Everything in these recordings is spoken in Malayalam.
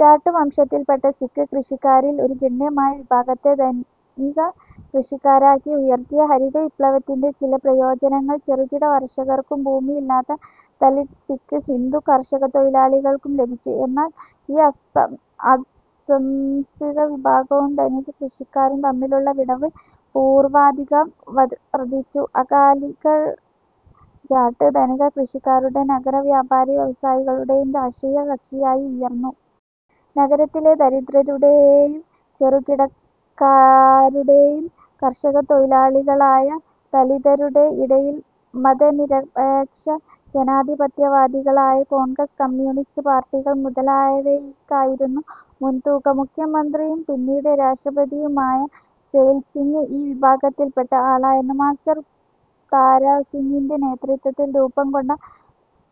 ജാട്ട് വംശത്തിൽപ്പെട്ട സിക്ക് കൃഷിക്കാരിൽ ഒരു ഗണ്യമായ വിഭാഗത്തെ ധനിക കൃഷിക്കാരാക്കി ഉയർത്തിയ ഹരിത വിപ്ലവത്തിൻ്റെ ചില പ്രയോജനങ്ങൾ ചെറുകിട കർഷകർക്കും ഭൂമിയില്ലാത്ത ദലിത് സിക്ക്, ഹിന്ദു കർഷകത്തൊഴിലാളികൾക്കും ലഭിച്ചു. എന്നാൽ ഈ അധഃസ്ഥിത വിഭാഗവും ധനിക കൃഷിക്കാരും തമ്മിലുള്ള വിടവ് പൂർവാധികം വർധിച്ചു. അകാലികൾ ജാട്ട് ധനിക കൃഷിക്കാരുടെയും നഗര വ്യാപാരി വ്യവസായികളുടെയും രാഷ്ട്രീയ കക്ഷിയായി ഉയർന്നു. നഗരത്തിലെ ദരിദ്രരുടെയും ചെറുകിടക്കാരുടെയും കർഷകത്തൊഴിലാളികളായ ദലിതരുടെയും ഇടയിൽ മതനിരപേക്ഷ ജനാധിപത്യവാദികളായ കോൺഗ്രസ്, കമ്യൂണിസ്റ്റ് പാർട്ടികൾ മുതലായവയ്ക്കായിരുന്നു മുൻതൂക്കം. മുഖ്യമന്ത്രിയും പിന്നീട് രാഷ്ട്രപതിയുമായ സെയിൽസിങ് ഈ വിഭാഗത്തിൽപ്പെട്ട ആളായിരുന്നു. മാസ്റ്റർ താരാസിങ്ങിൻ്റെ നേതൃത്വത്തിൽ രൂപംകൊണ്ട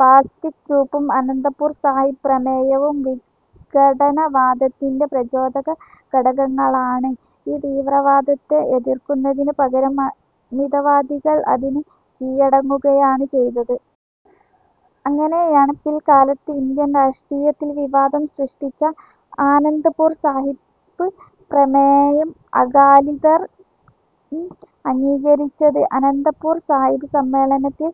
പാന്ഥിക് ഗ്രൂപ്പും ആനന്ദ്പുർ സാഹിബ് പ്രമേയവും വിഘടനവാദത്തിന് പ്രചോദക ഘടകങ്ങളാണ്. ഈ തീവ്രവാദത്തെ എതിർക്കുന്നതിനുപകരം മിതവാദികൾ അതിന് കീഴടങ്ങുകയാണ് ചെയ്തത്. അങ്ങനെയാണ് പിൽക്കാലത്ത് ഇന്ത്യൻ രാഷ്ട്രീയത്തിൽ വിവാദം സൃഷ്ടിച്ച ആനന്ദ്പുർ സാഹിബ് പ്രമേയം അകാലിദൾ അംഗീകരിച്ചത്. ആനന്ദ്പുർ സാഹിബ് സമ്മേളനത്തിൽ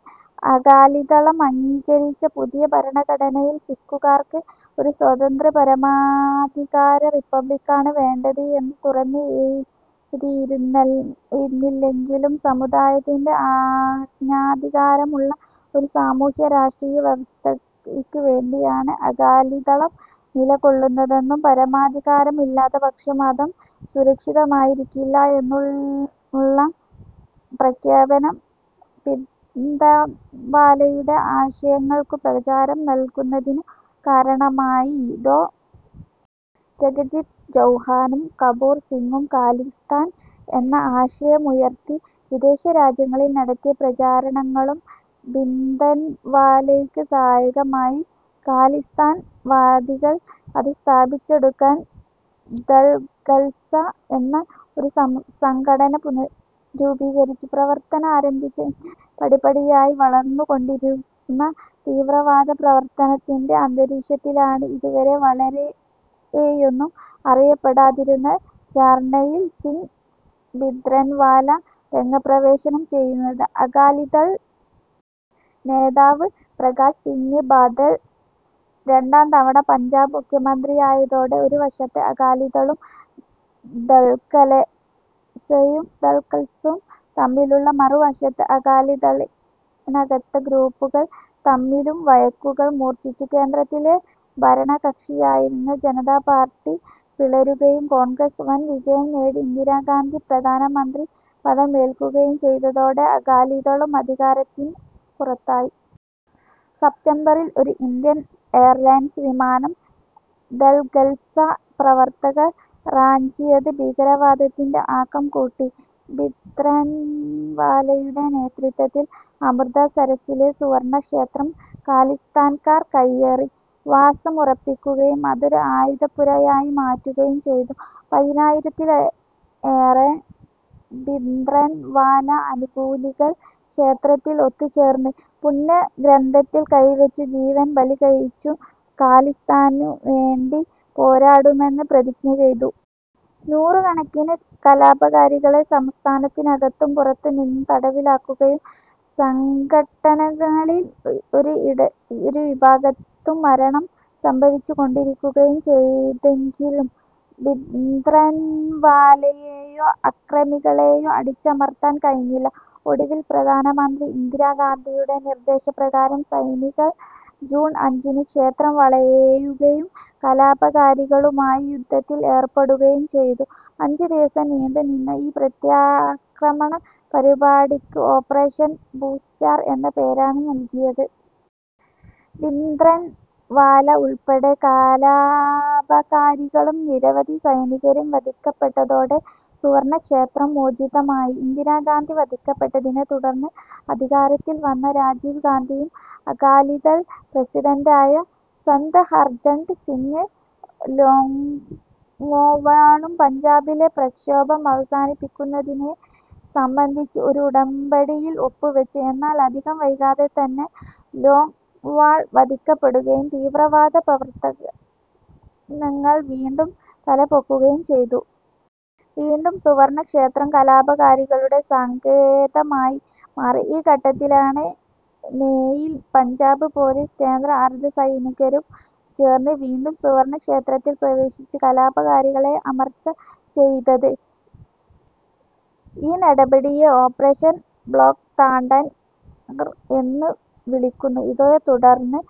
അകാലിദളം അംഗീകരിച്ച പുതിയ ഭരണഘടനയിൽ സിക്കുകാർക്ക് ഒരു സ്വതന്ത്ര പരമാധികാര റിപ്പബ്ലിക്കാണ് വേണ്ടത് എന്ന് തുറന്ന് എഴുതിയിരുന്നില്ലെങ്കിലും, സമുദായത്തിന് ആജ്ഞാധികാരമുള്ള ഒരു സാമൂഹ്യ രാഷ്ട്രീയ വ്യവസ്ഥയ്ക്കു വേണ്ടിയാണ് അകാലിദളം നിലകൊള്ളുന്നതെന്നും പരമാധികാരം ഇല്ലാത്തപക്ഷം മതം സുരക്ഷിതമായിരിക്കില്ല എന്നുമുള്ള പ്രഖ്യാപനം ഭിന്ദ്രൻവാലയുടെ ആശയങ്ങൾക്ക് പ്രചാരം നൽകുന്നതിന് കാരണമായി.ഡോ. ജഗജിത് ചൗഹാനും കപൂർ സിങ്ങും ഖാലിസ്ഥാൻ എന്ന ആശയമുയർത്തി വിദേശരാജ്യങ്ങളിൽ നടത്തിയ പ്രചാരണങ്ങളും ഭിന്ദ്രൻവാലയ്ക്ക് സഹായകമായി. ഖാലിസ്ഥാൻ വാദികൾ അതു സ്ഥാപിച്ചെടുക്കാൻ ദൾഖൽസ എന്ന ഒരു സംഘടന രൂപീകരിച്ച് പ്രവർത്തനമാരംഭിച്ചു. ഇങ്ങനെ പടിപടിയായി വളർന്നുകൊണ്ടിരുന്ന തീവ്രവാദ പ്രവർത്തനത്തിൻ്റെ അന്തരീക്ഷത്തിലാണ് അതുവരെ വളരെയൊന്നും അറിയപ്പെടാതിരുന്ന ജർണയിൽ സിങ് ഭിന്ദ്രൻവാല രംഗപ്രവേശം ചെയ്യുന്നത്. അകാലിദൾ നേതാവ് പ്രകാശ് സിങ് ബാദൽ രണ്ടാം തവണ പഞ്ചാബ് മുഖ്യമന്ത്രിയായതോടെ ഒരുവശത്ത് അകാലിദളും ദൾഖൽസയും തമ്മിലും മറുവശത്ത് അകാലിദളിനകത്തെ ഗ്രൂപ്പുകൾ തമ്മിലും വഴക്കുകൾ മൂർച്ഛിച്ചു. കേന്ദ്രത്തിലെ ഭരണകക്ഷിയായിരുന്ന ജനതാ പാർട്ടി പിളരുകയും കോൺഗ്രസ് വൻവിജയം നേടി ഇന്ദിരാഗാന്ധി പ്രധാനമന്ത്രി പദം ഏൽക്കുകയും ചെയ്തതോടെ അകാലിദളും അധികാരത്തിന് പുറത്തായി. സെപ്റ്റംബറിൽ ഒരു ഇന്ത്യൻ എയർലൈൻസ് വിമാനം ദൾഖൽസ പ്രവർത്തകർ റാഞ്ചിയത് ഭീകരവാദത്തിന് ആക്കം കൂട്ടി. ഭിന്ദ്രൻവാലയുടെ നേതൃത്വത്തിൽ അമൃതസരസ്സിലെ സുവർണക്ഷേത്രം ഖാലിസ്ഥാൻകാർ കൈയേറി വാസമുറപ്പിക്കുകയും അതൊരു ആയുധപ്പുരയായി മാറ്റുകയും ചെയ്തു. പതിനായിരത്തിലേറെ ഭിന്ദ്രൻവാല അനുകൂലികൾ ക്ഷേത്രത്തിൽ ഒത്തുചേർന്ന് പുണ്യഗ്രന്ഥത്തിൽ കൈവച്ച് ജീവൻ ബലികഴിച്ചും ഖാലിസ്ഥാനുവേണ്ടി പോരാടുമെന്നും പ്രതിജ്ഞ ചെയ്തു. നൂറുകണക്കിന് കലാപകാരികളെ സംസ്ഥാനത്തിനകത്തും പുറത്തുനിന്നും തടവിലാക്കുകയും സംഘട്ടനങ്ങളിൽ ഇരു വിഭാഗത്തും മരണം സംഭവിച്ചുകൊണ്ടിരിക്കുകയും ചെയ്തെങ്കിലും ഭിന്ദ്രൻവാലയെയോ അക്രമികളെയോ അടിച്ചമർത്താൻ കഴിഞ്ഞില്ല. ഒടുവിൽ പ്രധാനമന്ത്രി ഇന്ദിരാഗാന്ധിയുടെ നിർദ്ദേശപ്രകാരം സൈനികർ ജൂൺ അഞ്ചിന് ക്ഷേത്രം വളയുകയും കലാപകാരികളുമായി യുദ്ധത്തിൽ ഏർപ്പെടുകയും ചെയ്തു. അഞ്ചുദിവസം നീണ്ടുനിന്ന ഈ പ്രത്യാക്രമണ പരിപാടിക്ക് ഓപ്പറേഷൻ ബ്ലൂസ്റ്റാർ എന്ന പേരാണ് നൽകിയത്. ഭിന്ദ്രൻവാല ഉൾപ്പെടെ കലാപകാരികളും നിരവധി സൈനികരും വധിക്കപ്പെട്ടതോടെ സുവർണക്ഷേത്രം മോചിതമായി. ഇന്ദിരാഗാന്ധി വധിക്കപ്പെട്ടതിനെത്തുടർന്ന് അധികാരത്തിൽ വന്ന രാജീവ്ഗാന്ധിയും അകാലിദൾ പ്രസിഡന്റായ സന്ത് ഹർചന്ദ് സിങ് ലോംഗെവാളും പഞ്ചാബിലെ പ്രക്ഷോഭം അവസാനിപ്പിക്കുന്നതിനെ സംബന്ധിച്ച് ഒരു ഉടമ്പടിയിൽ ഒപ്പുവെച്ചു. എന്നാൽ അധികം വൈകാതെ തന്നെ ലോംഗെവാൾ വധിക്കപ്പെടുകയും തീവ്രവാദ പ്രവർത്തനങ്ങൾ വീണ്ടും തലപൊക്കുകയും ചെയ്തു. വീണ്ടും സുവർണക്ഷേത്രം കലാപകാരികളുടെ സങ്കേതമായി മാറി. ഈ ഘട്ടത്തിലാണ് മേയിൽ പഞ്ചാബ് പൊലീസും കേന്ദ്ര അർധസൈനികരും ചേർന്ന് വീണ്ടും സുവർണക്ഷേത്രത്തിൽ പ്രവേശിച്ച് കലാപകാരികളെ അമർച്ച ചെയ്തത്. ഈ നടപടിയെ ഓപ്പറേഷൻ ബ്ലാക്ക് തണ്ടർ എന്ന് വിളിക്കുന്നു. ഇതേത്തുടർന്ന്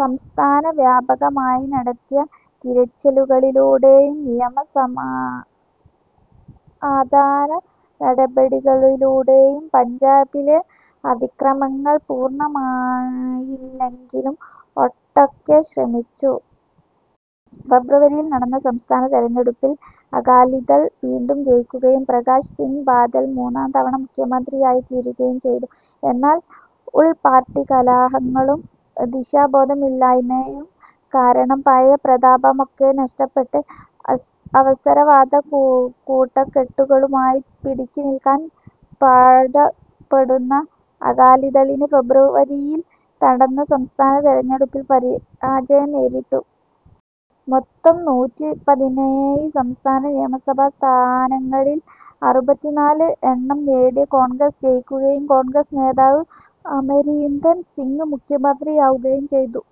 സംസ്ഥാനവ്യാപകമായി നടത്തിയ തിരച്ചിലുകളിലൂടെയും നിയമസമാധാന നടപടികളിലൂടെയും പഞ്ചാബിലെ അതിക്രമങ്ങൾ പൂർണമായല്ലെങ്കിലും ഒട്ടൊക്കെ ശമിച്ചു. ഫെബ്രുവരിയിൽ നടന്ന സംസ്ഥാന തെരഞ്ഞെടുപ്പിൽ അകാലിദൾ വീണ്ടും ജയിക്കുകയും പ്രകാശ് സിങ് ബാദൽ മൂന്നാം തവണ മുഖ്യമന്ത്രിയായിത്തീരുകയും ചെയ്തു. എന്നാൽ ഉൾപ്പാർട്ടി കലഹങ്ങളും ദിശാബോധമില്ലായ്മയും കാരണം പഴയ പ്രതാപമൊക്കെ നഷ്ടപ്പെട്ട് അവസരവാദ കൂട്ടുകെട്ടുകളുമായി പിടിച്ചുനിൽക്കാൻ പാടുപെടുന്ന അകാലിദളിന് ഫെബ്രുവരിയിൽ നടന്ന സംസ്ഥാന തെരഞ്ഞെടുപ്പിൽ പരാജയം നേരിട്ടു. മൊത്തം നൂറ്റിപ്പതിനേഴ് സംസ്ഥാന നിയമസഭാ സ്ഥാനങ്ങളിൽ അറുപത്തിനാല് എണ്ണം നേടിയ കോൺഗ്രസ് ജയിക്കുകയും കോൺഗ്രസ് നേതാവ് അമരീന്ദർ സിങ് മുഖ്യമന്ത്രിയാവുകയും ചെയ്തു.